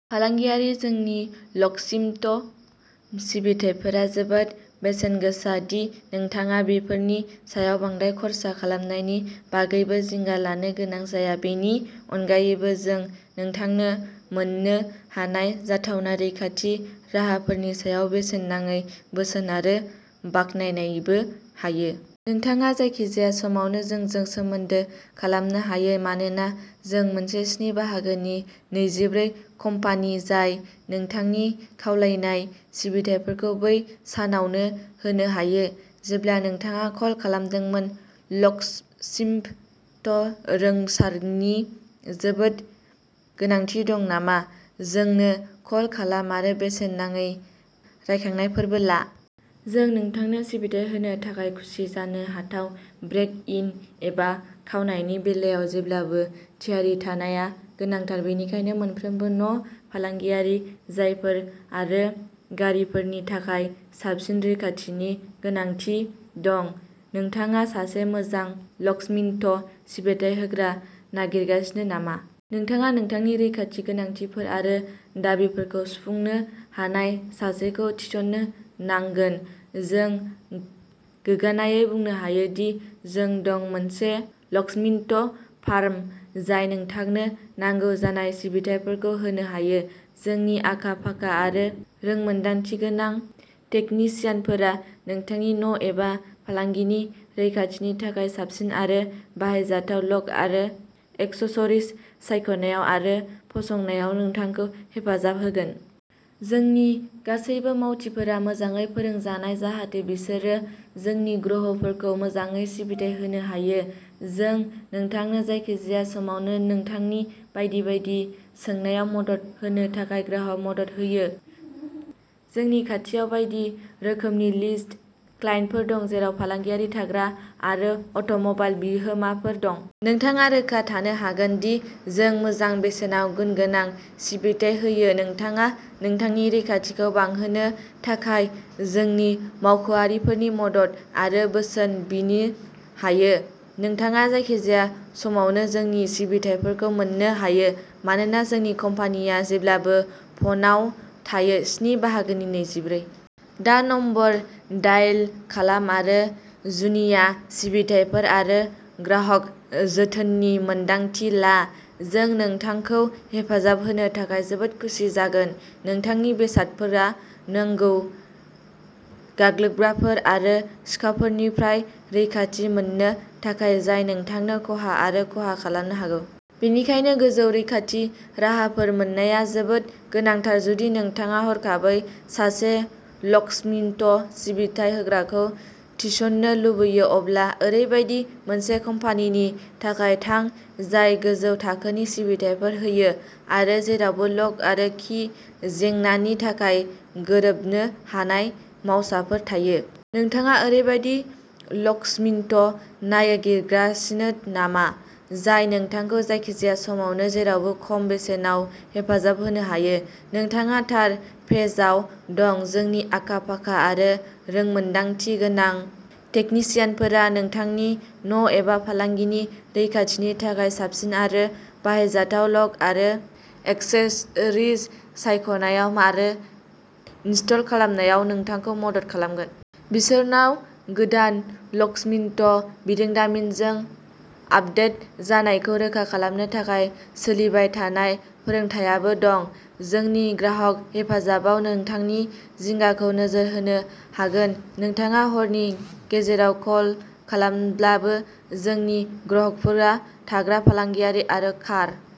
फालांगियारिफोरा जोंनि लकस्मिथ सिबिथाइफोरा जोबोद बेसेनगोसा दि नोंथाङा बेफोरनि सायाव बांद्राय खर्सा खालामनायनि बागैबो जिंगा लानो गोनां जाया। बेनि अनगायैबो, जों नोंथांनो मोननो हानाय जाथावना रैखाथि राहाफोरनि सायाव बेसेन नाङै बोसोन आरो बाखनायनायबो होयो। नोंथाङा जायखिजाया समावनो जोंजों सोमोन्दो खालामनो हायो मानोना जों मोनसे स्नि बाहागोनि नैजिब्रै कम्पानि जाय नोंथांनि खावलायनाय सिबिथाइफोरखौ बै सानावनो होनो हायो जेब्ला नोंथाङा कल खालामदोंमोन। लकस्मिथ रोंग'सारनि जोबोद गोनांथि दं नामा? जोंनो कल खालाम आरो बेसेन नाङै रायखांनायफोरबो ला। जों नोंथांनो सिबिथाइ होनो थाखाय खुसि। जानो हाथाव ब्रेक इन एबा खावनायनि बेलायाव जेब्लाबो थियारि थानाया गोनांथार। बेनिखायनो मोनफ्रोमबो न', फालांगियारि जायगाफोर आरो गारिफोरनि थाखाय साबसिन रैखाथिनि गोनांथि दं। नोंथाङा सासे मोजां लकस्मिथ सिबिथाइ होग्रा नागिरगासिनो नामा? नोंथाङा नोंथांनि रैखाथि गोनांथिफोर आरो दाबिफोरखौ सुफुंनो हानाय सासेखौ थिसननो नांगोन। जों गोग्गानायै बुंनो हायो दि जों दं। मोनसे लकस्मिथ फार्म जाय नोंथांनो नांगौ जानाय सिबिथायफोरखौ होनो हायो। जोंनि आखा-फाखा आरो रोंमोन्दांथिगोनां टेकनिसियानफोरा नोंथांनि न' एबा फालांगिनि रैखाथिनि थाखाय साबसिन आरो बाहायजाथाव लक आरो एक्सेसरिज सायख'नायाव आरो फसंनायाव नोंथांखौ हेफाजाब होगोन। जोंनि गासैबो मावथिफोरा मोजाङै फोरोंजानाय जाहाथे बिसोरो जोंनि ग्राहकफोरखौ मोजाङै सिबिथाइ होनो हायो। जों नोंथांनो जायखिजाया समावनो नोंथांनि बायदि बायदि सोंनायाव मदद होनो थाखाय ग्राहक मदद होयो। जोंनि खाथियाव बायदि रोखोमनि लिस्ट क्लाइन्टफोर दं, जेराव फालांगियारि, थाग्रा आरो अट'मबाइल बिगोमाफोर दं। नोंथाङा रोखा थानो हागोन दि जों मोजां बेसेनाव गुनगोनां सिबिथाय होयो। नोंथाङा नोंथांनि रैखाथिखौ बांहोनो थाखाय जोंनि मावख'आरिफोरनि मदद आरो बोसोन बिनो हायो। नोंथाङा जायखिजाया समावनो जोंनि सिबिथाइफोरखौ मोन्नो हायो मानोना जोंनि कम्पानिया जेब्लाबो फ'नाव थायो स्नि बाहागोनि नैजिब्रै। दा नम्बर डायेल खालाम आरो जुनिया सिबिथाइफोर आरो ग्राहक जोथोननि मोन्दांथि ला। जों नोंथांखौ हेफाजाब होनो थाखाय जोबोद खुसि जागोन। नोंथांनि बेसादफोरा नांगौ। गाग्लोबग्राफोर आरो सिखावफोरनिफ्राय रैखाथि मोननो थाखाय, जाय नोंथांनो खहा आरो खहा खालामनो हागौ। बेनिखायनो, गोजौ रैखाथि राहाफोर मोननाया जोबोद गोनांथार। जुदि नोंथाङा हरखाबै सासे लकस्मिथ सिबिथाइ होग्राखौ थिसननो लुगैयो, अब्ला ओरैबायदि मोनसे कम्पानिनि थाखाय थां, जाय गोजौ थाखोनि सिबिथाइफोर होयो आरो जेरावबो लक आरो कि जेंनानि थाखाय गोरोबनो हानाय मावसाफोर थायो। नोंथाङा ओरैबायदि लकस्मिथ नागिरगासिनो नामा, जाय नोंथांखौ जायखिजाया समावनो, जेरावबो खम बेसेनाव हेफाजाब होनो हायो? नोंथाङा थार पेजआव दं। जोंनि आखा-फाखा आरो रोंमोन्दांथि गोनां टेकनिसियानफोरा नोंथांनि न' एबा फालांगिनि रैखाथिनि थाखाय साबसिन आरो बाहायजाथाव लक आरो एक्सेसरिज सायख'नायाव आरो इनस्टल खालामनायाव नोंथांखौ मदद खालामगोन। बिसोरनाव गोदान लकस्मिथ बिरोंदामिनजों आपदेट जानायखौ रोखा खालामनो थाखाय सोलिबाय थानाय फोरोंथायबो दं। जोंनि ग्राहक हेफाजाबआ नोंथांनि जिंगाखौ नोजोर होनो हागोन, नोंथाङा हरनि गेजेराव कल खालामब्लाबो। जोंनि ग्राहकफोरा थाग्रा, फालांगियारि आरो कार।